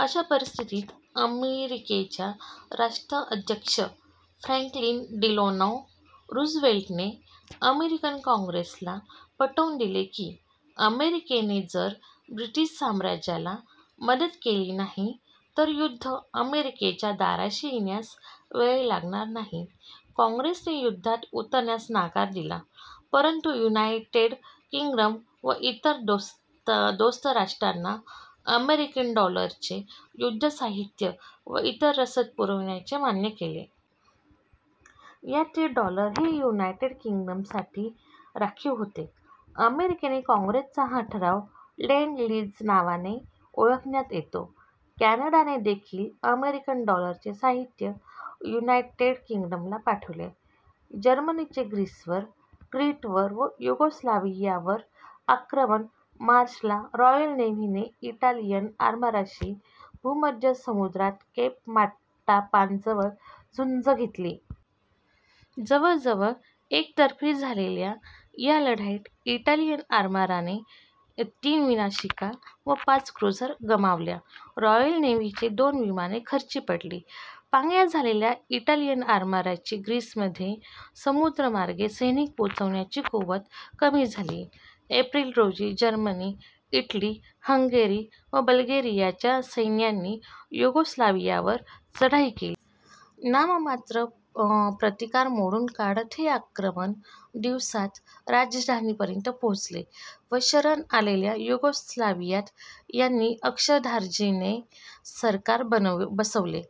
अशा परिस्थितीत अमेरिकेच्या राष्ट्राध्यक्ष फ्रॅंकलिन डिलानो रूझवेल्टने अमेरिकन काँग्रेसला पटवून दिले की अमेरिकेने जर ब्रिटिश साम्राज्याला मदत नाही केली तर युद्ध अमेरिकेच्या दाराशी येण्यास वेळ लागणार नाही. कॉॅंग्रेसने युद्धात उतरण्यास नकार दिला परंतु युनायटेड किंग्डम व इतर दोस्त राष्ट्रांना अमेरिकन डॉलरचे युद्धसाहित्य व इतर रसद पुरवण्याचे मान्य केले. यातील डॉलर हे युनायटेड किंग्डमसाठी राखीव होते. अमेरिकन कॉॅंग्रेसचा हा ठराव लेंड लीझ नावाने ओळखण्यात येतो. कॅनडाने देखिल अमेरिकन डॉलरचे साहित्य युनायटेड किंग्डमला पाठवले. जर्मनीचे ग्रीसवर, क्रीटवर व युगोस्लाव्हियावर आक्रमण मार्च ला रॉयल नेव्हीने इटालियन आरमाराशी भूमध्य समुद्रात केप माटापानजवळ झुंज घेतली. जवळजवळ एकतर्फी झालेल्या या लढाईत इटालियन आरमाराने तीन विनाशिका व पाच क्रुझर गमावल्या. रॉयल नेव्हीची दोन विमाने खर्ची पडली. पांगळ्या झालेल्या इटालियन आरमाराची ग्रीसमध्ये समुद्रमार्गे सैनिक पोचवण्याची कुवत कमी झाली. एप्रिल, रोजी जर्मनी, इटली, हंगेरी व बल्गेरियाच्या सैन्यांनी युगोस्लाव्हियावर चढाई केली. नाममात्र प्रतिकार मोडून काढत हे आक्रमक दिवसांत राजधानीपर्यंत पोचले व शरण आलेल्या युगोस्लाव्हियात त्यांनी अक्ष-धार्जिणे सरकार बसवले.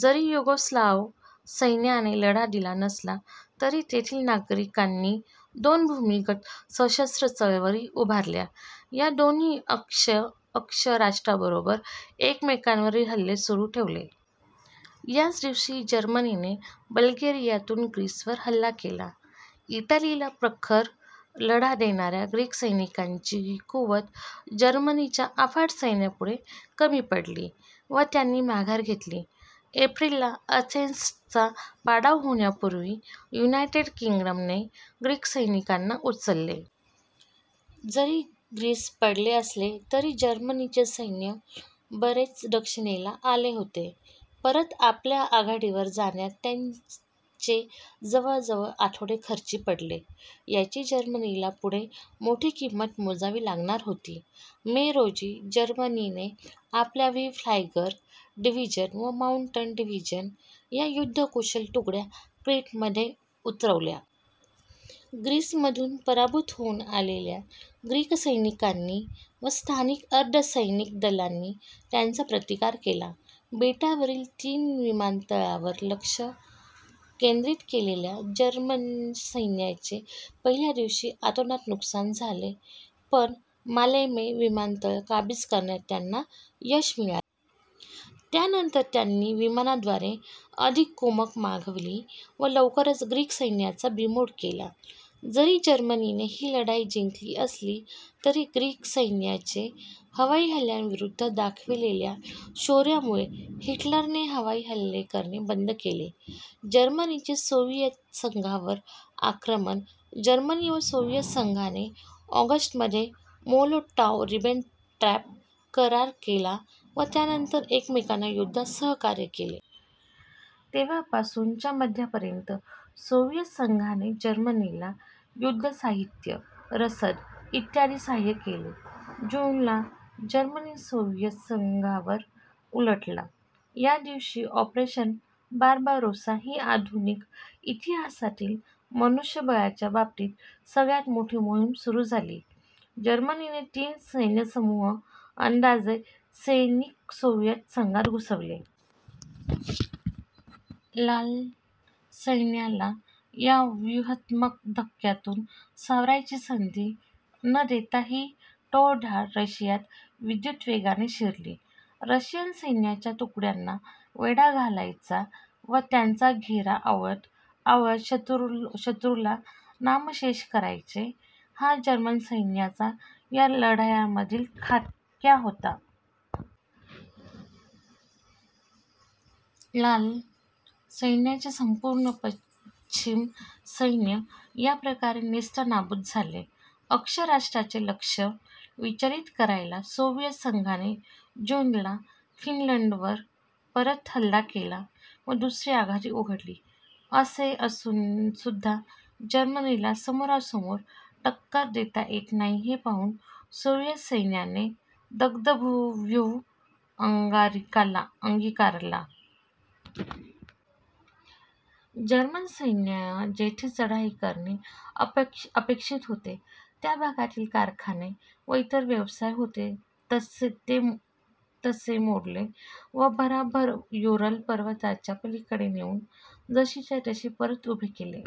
जरी युगोस्लाव्ह सैन्याने लढा दिला नसला तरी तेथील नागरिकांनी दोन भूमिगत सशस्त्र चळवळी उभारल्या. या दोन्हींनी अक्ष राष्ट्रांबरोबर एकमेकांवरही हल्ले सुरू ठेवले. याच दिवशी जर्मनीने बल्गेरियातून ग्रीसवर हल्ला केला. इटलीला प्रखर लढा देणाऱ्या ग्रीक सैन्याची कुवत जर्मनीच्या अफाट सैन्यापुढे कमी पडली व त्यांनी माघार घेतली. एप्रिल ला अथेन्सचा पाडाव होण्यापूर्वी युनायटेड किंग्डमने ग्रीक सैनिकांना उचलले. जरी ग्रीस पडले असले तरी जर्मनीचे सैन्य बरेच दक्षिणेला आले होते. परत आपल्या आघाडीवर जाण्यात त्यांचे जवळजवळ आठवडे खर्ची पडले. याची जर्मनीला पुढे मोठी किंमत मोजावी लागणार होती. मे, रोजी जर्मनीने आपल्या वी फ्लायगर डिव्हिजन व माउंटन डिव्हिजन या युद्धकुशल तुकड्या क्रीटमध्ये उतरवल्या. ग्रीसमधून पराभूत होऊन आलेल्या ग्रीक सैनिकांनी व स्थानिक अर्धसैनिक दलांनी त्यांचा प्रतिकार केला. बेटावरील तीन विमानतळांवर लक्ष केंद्रित केलेल्या जर्मन सैन्याचे पहिल्या दिवशी अतोनात नुकसान झाले पण मालेमे विमानतळ काबीज करण्यात त्यांना यश मिळाले. त्यानंतर त्यांनी विमानाद्वारे अधिक कुमक मागवली व लवकरच ग्रीक सैन्याचा बीमोड केला. जरी जर्मनीने ही लढाई जिंकली असली तरी ग्रीक सैन्याने हवाईहल्ल्यांविरुद्ध दाखवलेल्या शौर्यामुळे हिटलरने हवाई हल्ले करणे बंद केले. जर्मनीचे सोव्हिएत संघावर आक्रमण जर्मनी व सोव्हिएत संघाने ऑगस्ट मध्ये मोलोटॉव्ह-रिबेनट्रॉप करार केला व त्यानंतर एकमेकांना युद्धात सहकार्य केले. तेव्हापासून च्या मध्यापर्यंत सोव्हिएत संघाने जर्मनीला युद्धसाहित्य, रसद, इ. साहाय्य केले. जून, ला जर्मनी सोव्हिएत संघावर उलटला. या दिवशी ऑपरेशन बार्बारोसा ही आधुनिक इतिहासातील मनुष्यबळाच्या बाबतीत सगळ्यात मोठी मोहीम सुरू झाली. जर्मनीने तीन सैन्यसमूह, अंदाजे सैनिक सोव्हिएत संघात घुसवले. लाल सैन्याला या व्यूहात्मक धक्क्यातून सावरायची संधी न देता ही टोळधाड रशियात विद्युतवेगाने शिरली. रशियन सैन्याच्या तुकड्यांना वेढा घालायचा व त्याचा घेरा आवळत आवळत शत्रूला नामशेष करायचे हा जर्मन सैन्याचा या लढायांमधील खाक्या होता. लाल सैन्याचे संपूर्ण पश्चिम सैन्य याप्रकारे नेस्तनाबूद झाले. अक्ष राष्ट्रांचे लक्ष विचलित करायला सोव्हिएत संघाने जून ला फिनलंडवर परत हल्ला केला व दुसरी आघाडी उघडली. असे असूनसुद्धा जर्मनीला समोरासमोर टक्कर देता येत नाही हे पाहून सोव्हिएत सैन्याने दग्धभू व्यूह अंगिकारला. जर्मन सैन्य जेथे चढाई करणे अपेक्षित होते त्या भागातील कारखाने व इतर व्यवसाय होते तसे मोडले व भराभर युरल पर्वतांच्या पलीकडे नेउन जशीच्या तशी परत उभे केले.